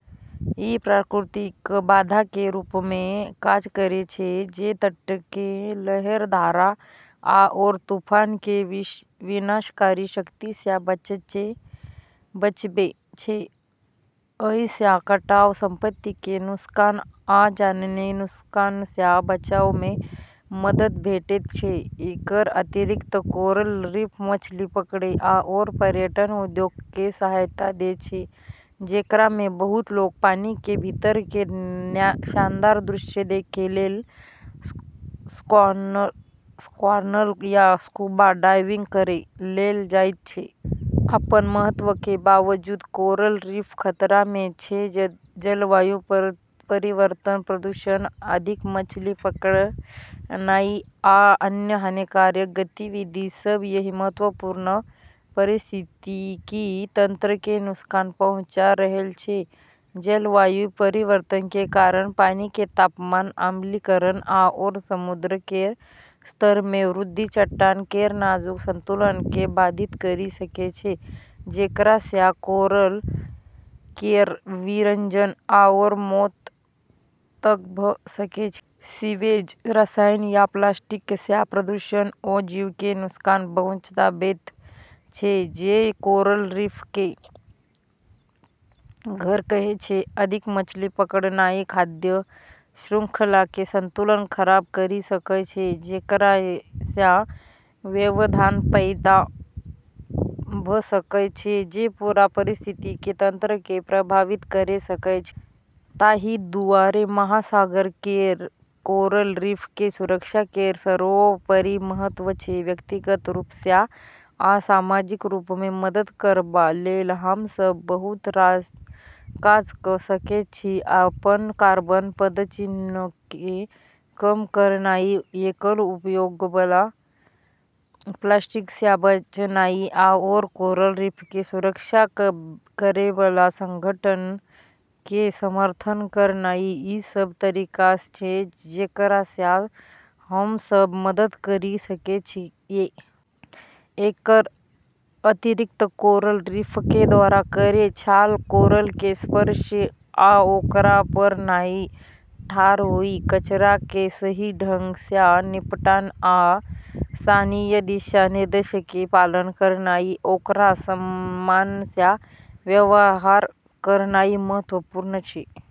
ई प्राकृतिक बाधाके रूपमे काज करै छै, जे तटके लहर, धारा आओर तूफानके विनाशकारी शक्तिसँ बचबै छै। अइसँ कटाव, संपत्तिके नुकसान, आ जानके नुकसानसँ बचावमे मदद भेटैत छै । एकर अतिरिक्त, कोरल रीफ मछली पकड़ै आओर पर्यटन उद्योगके सहायता दै छै, जेकरामे बहुत लोक पानिके भीतरके शानदार दृश्य देखै लेल स्नॉर्कल या स्कूबा डाइविंग करै लेल जाइत छै। अपन महत्वके बावजूद कोरल रीफ खतरामे छै। जलवायु परिवर्तन, प्रदूषण, अधिक मछली पकड़नाइ, आ अन्य हानिकारक गतिविधि सब, एहि महत्वपूर्ण पारिस्थितिकी तंत्रके नुकसान पहुंचा रहल छै । जलवायु परिवर्तनके कारण पानिके तापमान, अम्लीकरण, आओर समुद्र केर स्तरमे वृद्धि चट्टान केर नाजुक संतुलनके बाधित करि सकै छै, जेकरासँ कोरल केर विरंजन आओर मौत तक भ' सकै छै। सीवेज, रसायन आ प्लास्टिकसँ प्रदूषण ओ जीवके नुकसान पहुंचाबैत छै जे कोरल रीफके घर कहै छै । अधिक मछली पकड़नाइ खाद्य श्रृंखलाके संतुलन खराब करि सकय छै, जेकरासँ व्यवधान पैदा भ' सकय छै जे पूरा पारिस्थितिकी तंत्रके प्रभावित करि सकय छै। ताहि दुआरे महासागर केर कोरल रीफके सुरक्षा केर सर्वोपरि महत्व छै। व्यक्तिगत रूपसँ आ सामाजिक रूपमे मदद करबा लेल हम सब बहुत रास काज क' सकैत छी। अपन कार्बन पदचिह्नके कम करनाइ, एकल उपयोगबला प्लास्टिकसँ बचनाइ, आओर कोरल रीफके सुरक्षा करैबला संगठनके समर्थन करनाइ, ई सब तरीका छै जेकरासँ हमसब मदद करि सकै छियै। एकर अतिरिक्त, कोरल रीफके दौरा करै काल, कोरलके स्पर्श या ओकरा पर नहि ठार होइ, कचराके सही ढङ्ग सँ निपटान, आ स्थानीय दिशा निर्देशके पालन करनाइ, ओकरा सम्मानसँ व्यवहार करनाइ महत्वपूर्ण छै ।